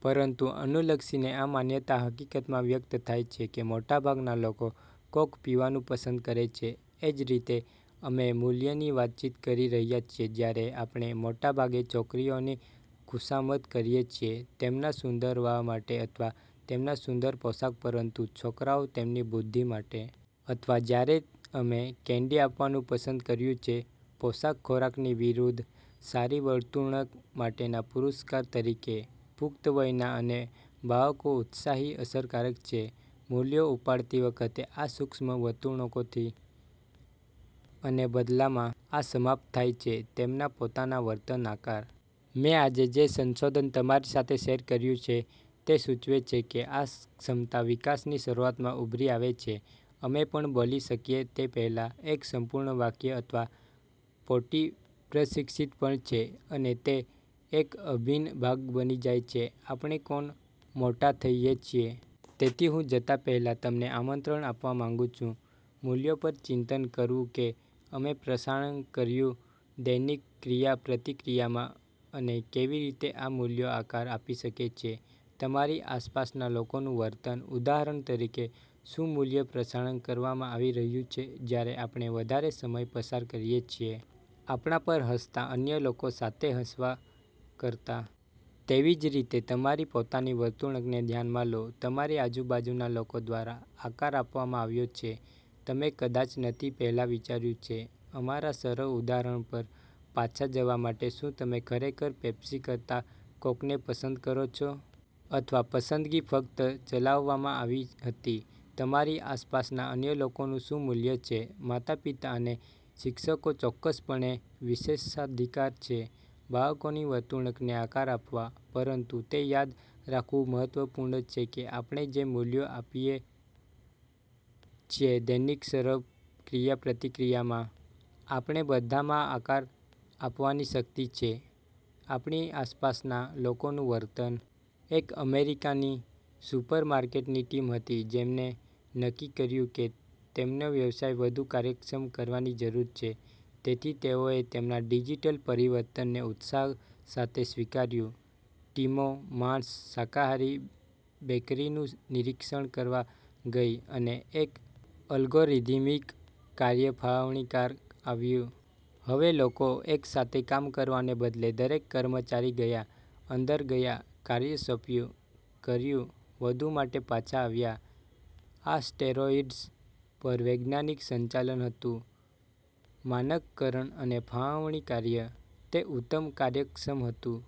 પરંતુ અનુલક્ષીને આ માન્યતા હકીકતમાં વ્યક્ત થાય છે કે મોટાભાગના લોકો કોક પીવાનું પસંદ કરશે. એ જ રીતે, અમે મૂલ્યની વાતચીત કરી રહ્યા છીએ જ્યારે આપણે મોટે ભાગે છોકરીઓની ખુશામત કરીએ છીએ તેમના સુંદર વાળ માટે અથવા તેમના સુંદર પોશાક પરંતુ છોકરાઓ તેમની બુદ્ધિ માટે. અથવા જ્યારે અમે કેન્ડી આપવાનું પસંદ કર્યું છે પોષક ખોરાકની વિરુદ્ધ સારી વર્તણૂક માટેના પુરસ્કાર તરીકે. પુખ્ત વયના અને બાળકો ઉત્સાહી અસરકારક છે મૂલ્યો ઉપાડતી વખતે આ સૂક્ષ્મ વર્તણૂકોથી. અને બદલામાં, આ સમાપ્ત થાય છે તેમના પોતાના વર્તન આકાર. મેં આજે જે સંશોધન તમારી સાથે શેર કર્યું છે તે સૂચવે છે કે આ ક્ષમતા વિકાસની શરૂઆતમાં ઉભરી આવે છે. અમે પણ બોલી શકીએ તે પહેલાં એક સંપૂર્ણ વાક્ય અથવા પોટી-પ્રશિક્ષિત પણ છે અને તે એક અભિન્ન ભાગ બની જાય છે આપણે કોણ મોટા થઈએ છીએ. તેથી હું જતા પહેલાં તમને આમંત્રણ આપવા માંગુ છું મૂલ્યો પર ચિંતન કરવું કે અમે પ્રસારણ કર્યું દૈનિક ક્રિયાપ્રતિક્રિયામાં અને કેવી રીતે આ મૂલ્યો આકાર આપી શકે છે તમારી આસપાસના લોકોનું વર્તન. ઉદાહરણ તરીકે, શું મૂલ્ય પ્રસારણ કરવામાં આવી રહ્યું છે જ્યારે આપણે વધારે સમય પસાર કરીએ છીએ આપણા પર હસતાં અન્ય લોકો સાથે હસવા કરતાં? તેવી જ રીતે, તમારી પોતાની વર્તણૂકને ધ્યાનમાં લો તમારી આજુબાજુના લોકો દ્વારા આકાર આપવામાં આવ્યો છે, તમે કદાચ નથી પહેલાં વિચાર્યું છે. અમારા સરળ ઉદાહરણ પર પાછા જવા માટે શું તમે ખરેખર પેપ્સી કરતા કોકને પસંદ કરો છો? અથવા આ પસંદગી ફક્ત ચલાવવામાં આવી હતી તમારી આસપાસના અન્ય લોકોનું શું મૂલ્ય છે? માતાપિતા અને શિક્ષકો ચોક્કસપણે વિશેષાધિકાર છે બાળકોની વર્તણૂકને આકાર આપવા. પરંતુ તે યાદ રાખવું મહત્વપૂર્ણ છે કે આપણે જે મૂલ્યો આપીએ છીએ દૈનિક સરળ ક્રિયાપ્રતિક્રિયામાં, આપણે બધામાં આકાર આપવાની શક્તિ છે આપણી આસપાસના લોકોનું વર્તન. એક અમેરિકાની સુપર માર્કેટની ટીમ હતી જેમને નક્કી કર્યું કે તેમનો વ્યવસાય વધુ કાર્યક્ષમ કરવાની જરૂર છે. તેથી તેઓએ તેમના ડિજિટલ પરિવર્તનને ઉત્સાહ સાથે સ્વીકાર્યું. ટીમો માંસ, શાકાહારી, બેકરીનું નિરીક્ષણ કરવા ગઈ અને એક અલ્ગોરિધ્મિક કાર્ય ફાળવણીકાર આવ્યું. હવે, લોકો એક સાથે કામ કરવાને બદલે દરેક કર્મચારી ગયા, અંદર ગયા, કાર્ય સોંપ્યું, કર્યું, વધુ માટે પાછા આવ્યા. આ સ્ટેરોઇડ્સ પર વૈજ્ઞાનિક સંચાલન હતુ માનકકરણ અને ફાળવણી કાર્ય. તે ઉત્તમ કાર્યક્ષમ હતું.